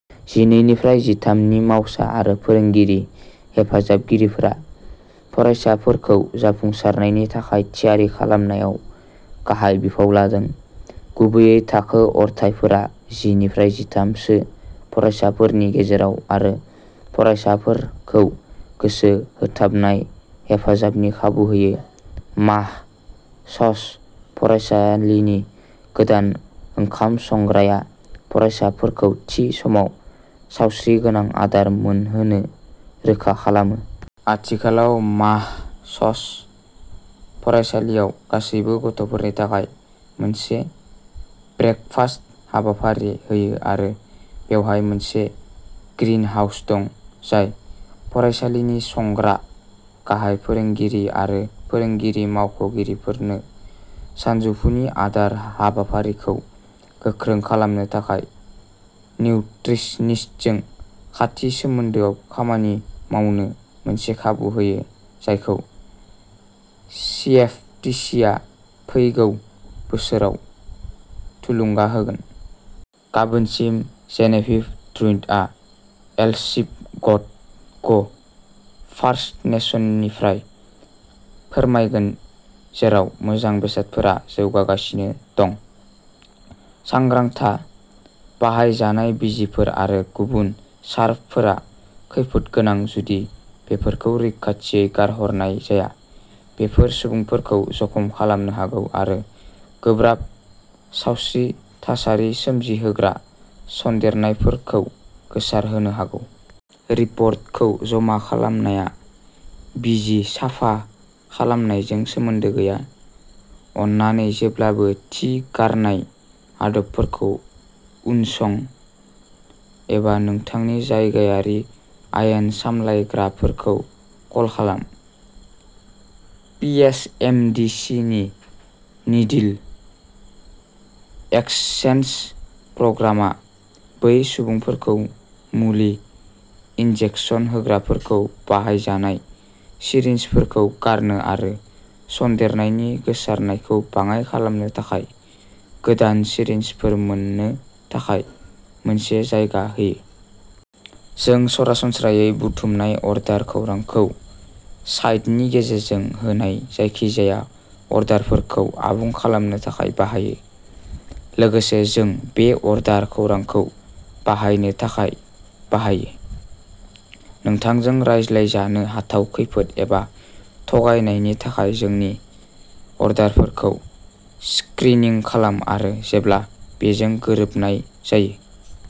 जिनै निफ्राय जिथाम नि मावसा आरो फोरोंगिरि हेफाजाबगिरिफोरा फरायसाफोरखौ जाफुंसारनायनि थाखाय थियारि खालामनायाव गाहाय बिफाव लादों, गुबैयै थाखो अरथाइफोरा जि निफ्राय जिथाम सो फरायसाफोरनि गेजेराव आरो फरायसाफोरखौ गोसो होथाबनाय हेफाजाबनि खाबु होयो। माह-स'स फरायसालिनि गोदान ओंखाम संग्राया फरायसाफोरखौ थि समाव सावस्रिगोनां आदार मोनहोनो रोखा खालामो। आथिखालाव माह-स'स फरायसालिआव गासैबो गथ'फोरनि थाखाय मोनसे ब्रेकफास्ट हाबाफारि होयो आरो बेवहाय मोनसे ग्रिनहाउस दं, जाय फरायसालिनि संग्रा, गाहाय फोरोंगिरि आरो फोरोंगिरि मावख'गिरिफोरनो सानजौफुनि आदार हाबाफारिखौ गोख्रों खालामनो थाखाय निउत्रिसनिस्टजों खाथि सोमोन्दोआव खामानि मावनो मोनसे खाबु होयो, जायखौ सिएफटिसिआ फैगौ बोसोराव थुलुंगा होगोन। गाबोनसिम, जेनेभिभ ड्रुइनआ एलसिप' गट' ग फार्स्ट नेशननिफ्राय फोरमायगोन-जेराव मोजां बेसादफोरा जौगागासिनो दं। सांग्रां था, बाहायजानाय बिजिफोर आरो गुबुन शार्पफोरा खैफोद गोनां जुदि बेफोरखौ रैखाथियै गारहरनाय जाया-बेफोर सुबुंफोरखौ जखम खालामनो हागौ आरो गोब्राब सावस्रि थासारि सोमजिहोग्रा सन्देरनायफोरखौ गोसारहोनो हागौ। रिपर्टखौ जमा खालामनाया बिजि साफा खालामनायजों सोमोन्दो गैया। अन्नानै जेब्लाबो थि गारनाय आदबफोरखौ उनसं। एबा नोंथांनि जायगायारि आयेन सामलायग्राफोरखौ कल खालाम। P H M D C नि नीडिल एकसचेन्ज प्रग्रामआ बै सुबुंफोरखौ मुलि इनजेकसन होग्राफोरखौ बाहायजानाय सिरिन्जफोरखौ गारनो आरो सन्देरनायनि गोसारनायखौ बाङाइ खालामनो थाखाय गोदान सिरिन्जफोर मोन्नो थाखाय मोनसे जायगा होयो। जों सरासनस्रायै बुथुमनाय अर्डार खौरांखौ साइटनि गेजेरजों होनाय जायखिजाया अर्डारफोरखौ आबुं खालामनो थाखाय बाहायो। लोगोसे, जों बे अर्डार खौरांखौ बाहायनो थाखाय बाहायो, नोंथांजों रायज्लाय जानो हाथाव खैफोद एबा थगायनायनि थाखाय जोंनि अर्डारफोरखौ स्क्रिनिं खालाम आरो जेब्ला बेजों गोरोबनाय जायो।